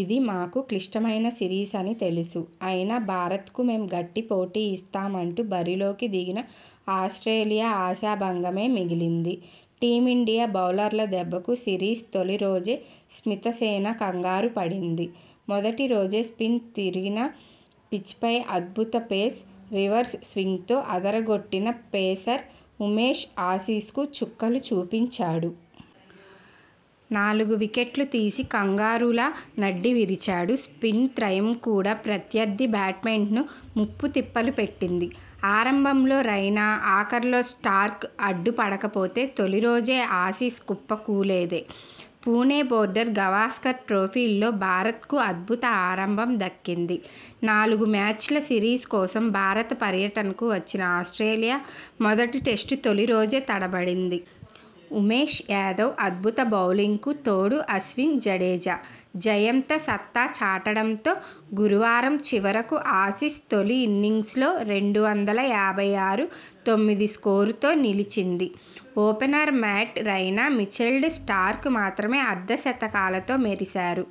ఇది మాకు క్లిష్టమైన సిరీస్ అని తెలుసు. అయినా భారత్ కు మేం గట్టి పోటీ ఇస్తాం అంటూ బరిలోకి దిగిన ఆస్ట్రేలియా ఆశాభంగమే మిగిలింది టీమిండియా బౌలర్ల దెబ్బకు సిరీస్ తొలి రోజే స్మితసేన కంగారు పడింది. మొదటి రోజే స్పిన్ తిరిగిన పిచ్పై అద్భుత పేస్, రివర్స్ స్వింగ్తో అదరగొట్టిన పేసర్ ఉమేష్ ఆసీస్కు చుక్కలు చూపించాడు..! నాలుగు వికెట్లు తీసి కంగారూల నడ్డి విరిచాడు. స్పిన్ త్రయిం కూడా ప్రత్యర్థి బ్యాట్స్మెన్ను ముప్పు తిప్పలు పెట్టింది. ఆరంభంలో రైనా ఆఖర్లో స్టార్క్ అడ్డు పడకపోతే తొలిరోజే ఆసీస్ కుప్పకూలేదే పుణె బోర్డర్ గవాస్కర్ ట్రోఫీలో భారత్కు అద్భుత ఆరంభం దక్కింది. నాలుగు మ్యాచ్ల సిరీస్ కోసం భారత పర్యటనకు వచ్చిన ఆస్ట్రేలియా మొదటి టెస్టు తొలి రోజే తడబడింది. ఉమేష్ యాదవ్ అద్భుత బౌలింగ్కు తోడు అశ్విన్, జడేజా, జయంత సత్తా చాటడంతో గురువారం చివరకు ఆసీస్ తొలి ఇన్నింగ్స్లో రెండు వందల యాభై ఆరు తొమ్మిది స్కోరుతో నిలిచింది. Opener Matt Raina, Mitchell Starc మాత్రమే అర్ధ శతకాలతో మెరిశారు.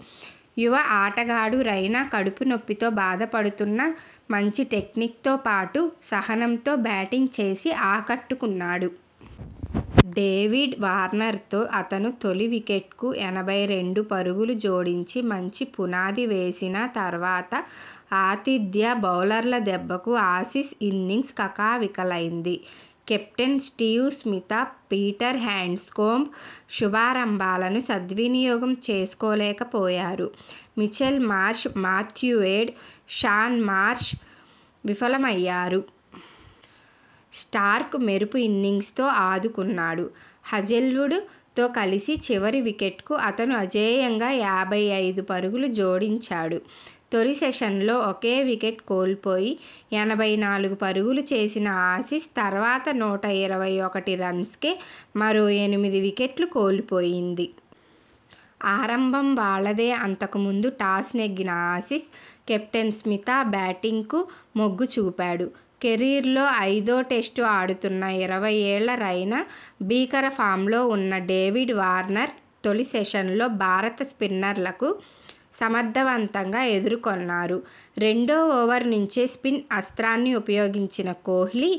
యువ ఆటగాడు రైనా కడుపు నొప్పితో బాధపడుతున్నా మంచి టెక్నిక్తో పాటు సహనంతో బ్యాటింగ్ చేసి ఆకట్టుకున్నాడు. డేవిడ్ వార్నర్ తో అతను తొలి వికెట్కు ఎనభై రెండు పరుగులు జోడించి మంచి పునాది వేసినా తర్వాత ఆతిథ్య బౌలర్ల దెబ్బకు ఆసీస్ ఇన్నింగ్స్ కకావికలైంది. Captain Steve Smith, Peter Handscomb శుభారంభాలను సద్వినియోగం చేసుకోలేకపోయారు. Mitchell Marsh, Matthew Wade, Shaun Marsh విఫలమయ్యారు. స్టార్క్ మెరుపు ఇన్నింగ్స్తో ఆదుకున్నాడు. హాజెల్వుడ్ తో కలిసి చివరి వికెట్కు అతను అజేయంగా యాభై ఐదు పరుగులు జోడించాడు. తొలి సెషన్లో ఒకే వికెట్ కోల్పోయి ఎనభై నాలుగు పరుగులు చేసిన ఆసీస్ తర్వాత నూట ఇరవై ఒకటి రన్స్కే మరో ఎనిమిది వికెట్లు కోల్పోయింది. ఆరంభం వాళ్లదే అంతకుముందు టాస్ నెగ్గిన ఆసీస్ కెప్టెన్ స్మిత బ్యాటింగ్కు మొగ్గు చూపాడు. కెరీర్లో ఐదో టెస్టు ఆడుతున్న ఇరవై ఏళ్ల రైనా, భీకర ఫామ్లో ఉన్న డేవిడ్ వార్నర్ తొలి సెషన్లో భారత స్పిన్నర్లకు సమర్థవంతంగా ఎదుర్కొన్నారు. రెండో ఓవర్ నుంచే స్పిన్ అస్త్రాన్ని ఉపయోగించిన కోహ్లీ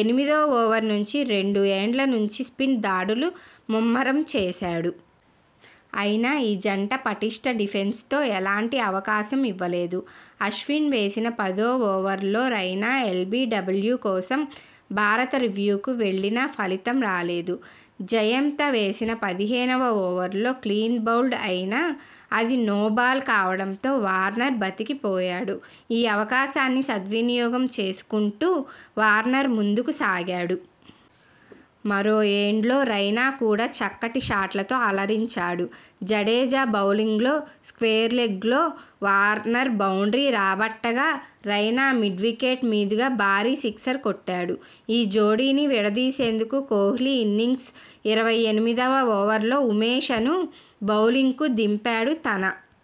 ఎనిమిదో ఓవర్ నుంచి రెండు ఎండ్ల నుంచి స్పిన్ దాడులు ముమ్మరం చేశాడు. అయినా ఈ జంట పటిష్ట డిఫెన్స్తో ఎలాంటి అవకాశం ఇవ్వలేదు. అశ్విన్ వేసిన పదో ఓవర్లో రైనా ఎల్బీడబ్ల్యూ కోసం భారత రివ్యూకు వెళ్లినా ఫలితం రాలేదు. జయంత వేసిన పదిహేనువ ఓవర్లో క్లీన్బౌల్డ్ అయినా అది నోబాల్ కావడంతో వార్నర్ బతికిపోయాడు. ఈ అవకాశాన్ని సద్వినియోగం చేసుకుంటూ వార్నర్ ముందుకు సాగాడు. మరో ఎండ్లో రైనా కూడా చక్కటి షాట్లతో అలరించాడు. జడేజా బౌలింగ్లో స్క్వేర్లెగ్లో వార్నర్ బౌండ్రీ రాబట్టగా రైనా మిడ్వికెట్ మీదుగా భారీ సిక్సర్ కొట్టాడు. ఈ జోడీని విడదీసేందుకు కోహ్లీ ఇన్నింగ్స్ ఇరవై ఎనిమిదివ ఓవర్లో ఉమేషను బౌలింగ్కు దింపాడు తన